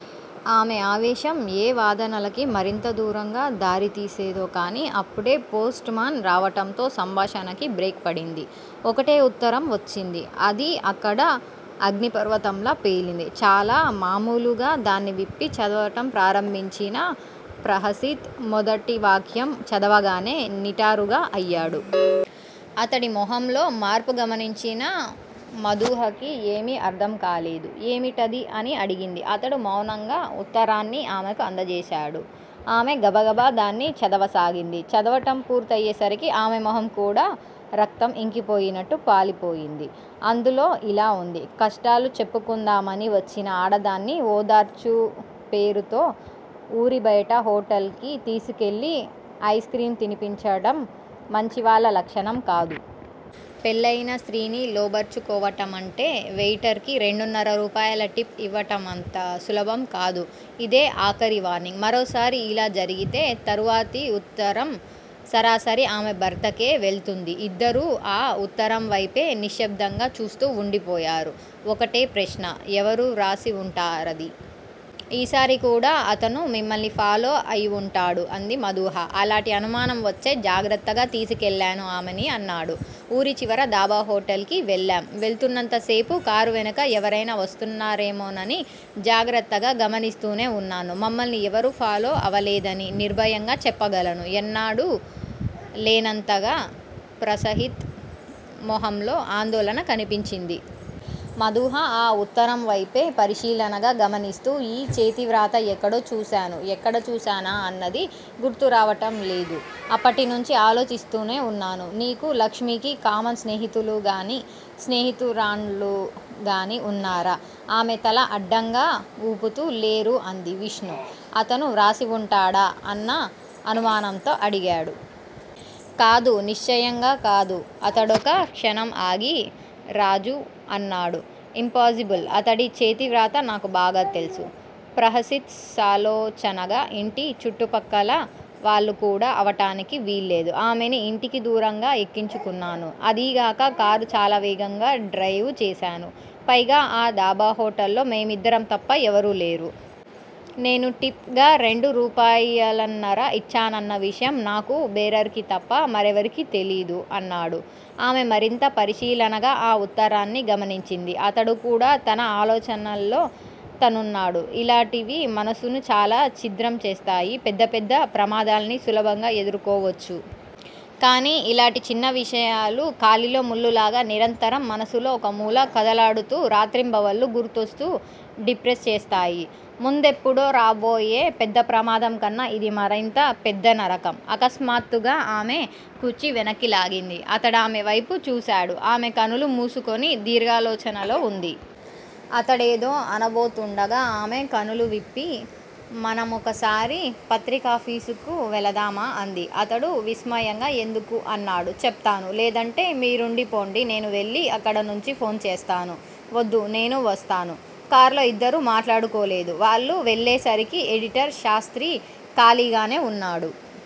ఆమె ఆవేశం ఏ వాదనలకి మరింత దూరంగా దారితీసేదో కానీ, అప్పుడే పోస్ట్ మాన్ రావటంతో సంభాషణకి బ్రేక్ పడింది. ఒకటే ఉత్తరం వచ్చింది. అది అక్కడ అగ్నిపర్వతంలా పేలింది. చాలా మామూలుగా దాన్ని విప్పి చదవటం ప్రారంభించిన ప్రహసిత్, మొదటి వాక్యం చదవగానే నిటారుగా అయ్యాడు. అతడి మొహంలో మార్పు గమనించిన మధూహకి ఏమీ అర్థం కాలేదు. ఏమిటది? అని అడిగింది. అతడు మౌనంగా వుత్తరాన్ని ఆమెకు అందజేశాడు. ఆమె గబగబా దాన్ని చదవసాగింది. చదవటం పూర్తయ్యేసరికి ఆమె మొహం కూడా రక్తం ఇంకిపోయినట్టు పాలిపోయింది. అందులో ఇలా వుంది. కష్టాలు చెప్పుకుందామని వచ్చిన ఆడదాన్ని ఓదార్చు పేరుతో ఊరిబయట హొటల్ కి తీసుకెళ్ళి ఐస్ క్రీమ్ తిన్పించడం మంచివాళ్ళ లక్షణం కాదు. పెళ్ళయిన స్త్రీని లోబర్చుకోవటమంటే వెయిటర్ కి రెండున్నర రూపాయల టిప్ ఇవ్వటమంత సులభం కాదు. ఇదే ఆఖరి వార్నింగ్. మరోసారి ఇలా జరిగితే, తరువాతి వుత్తరం సరాసరి ఆమె భర్తకే వెళ్తుంది ఇద్దరూ ఆ వుత్తరంవైపే నిశ్శబ్దంగా చూస్తూ వుండిపోయారు. ఒకటే ప్రశ్న! ఎవరు వ్రాసి వుంటారిది? ఈసారి కూడా అతను మిమ్మల్ని ఫాలో అయివుంటాడు అంది మధూహ. అలాటి అనుమానం వచ్చే, జాగ్రత్తగా తీసుకెళ్ళాను ఆమెని అన్నాడు. ఊరిచివర డాబాహొటల్ కి వెళ్ళాం. వెళ్తున్నంత సేపూ కారు వెనక ఎవరైనా వస్తున్నారేమోనని జాగ్రత్తగా గమనిస్తూనే వున్నాము. మమ్మల్ని ఎవరూ ఫాలో అవలేదని నిర్భయంగా చెప్పగలను ఎన్నాడూ లేనంతగా ప్రహసిత్ మొహంలో ఆందోళన కనిపించింది. మధూహ ఆ వుత్తరంవైపే పరిశీలనగా గమనిస్తూ ఈ చేతివ్రాత ఎక్కడో చూశాను. ఎక్కడ చూశానా అన్నది గుర్తురావటం లేదు. అప్పటినుంచి ఆలోచిస్తూనే వున్నాను. 'నీకూ లక్ష్మికీ కామన్ స్నేహితులుగానీ స్నేహితురాండ్రుగానీ వున్నారా? ' ఆమెతల అడ్డంగా వూపుతూ లేరు అంది. విష్ణు? అతను వ్రాసివుంటాడా అన్న అనుమానంతో అడిగాడు. కాదు. నిశ్చయంగా కాదు అతడొక క్షణం ఆగి, రాజు? అన్నాడు. ఇంపాజిబుల్. అతడి చేతివ్రాత నాకు బాగా తెలుసు. ప్రహసిత్ సాలోచనగా, ఇంటి చుట్టుపక్కల వాళ్ళు కూడా అవటానికి వీల్లేదు. ఆమెని ఇంటికి దూరంగా ఎక్కించుకున్నాను. అదీగాక కారు చాలా వేగంగా డ్రయివు చేసాను. పైగా ఆ డాబా హొటల్ లో మేమిద్దరం తప్ప ఎవరూ లేరు. నేను టిప్ గా రెండు రూపాయలన్నర ఇచ్చానన్న విషయం నాకూ బేరర్ కీ తప్ప మరెవరికీ తెలీదు అన్నాడు. ఆమె మరింత పరిశీలనగా ఆ వుత్తరాన్ని గమనించింది. అతడు కూడా తన ఆలోచనల్లో తనున్నాడు. ఇలాటివి మనసుని చాలా ఛిద్రం చేస్తాయి. పెద్ద పెద్ద ప్రమాదాల్ని సులభంగా ఎదుర్కోవచ్చు. కానీ ఇలాటి చిన్న విషయాలు, కాలిలో ముల్లులాగా నిరంతరం మనసులో ఒక మూల కదలాడుతూ రాత్రింబవళ్ళు గుర్తొస్తూ డిప్రెస్ చేస్తాయి. ముందెప్పుడో రాబోయే పెద్ద ప్రమాదంకన్నా ఇది మరింత పెద్దనరకం. అకస్మాత్తుగా ఆమె కుర్చీ వెనక్కిలాగింది. అతడామె వైపు చూశాడు. ఆమె కనులు మూసుకుని దీర్ఘాలోచనలో వుంది. అతడేదో అనబోతుండగా ఆమె కనులు విప్పి, మనమొకసారి పత్రికాఫీసుకు వెళదామా? అంది. అతడు విస్మయంగా, ఎందుకు? అన్నాడు. చెప్తాను. లేదంటే మీరుండిపోండి. నేను వెళ్ళి అక్కడనుంచి ఫోన్ చేస్తాను. వద్దు. నేనూ వస్తాను. కార్లో ఇద్దరూ మాట్లాడుకోలేదు. వాళ్ళు వెళ్ళేసరికి ఎడిటర్ శాస్త్రి ఖాళీగానే వున్నాడు.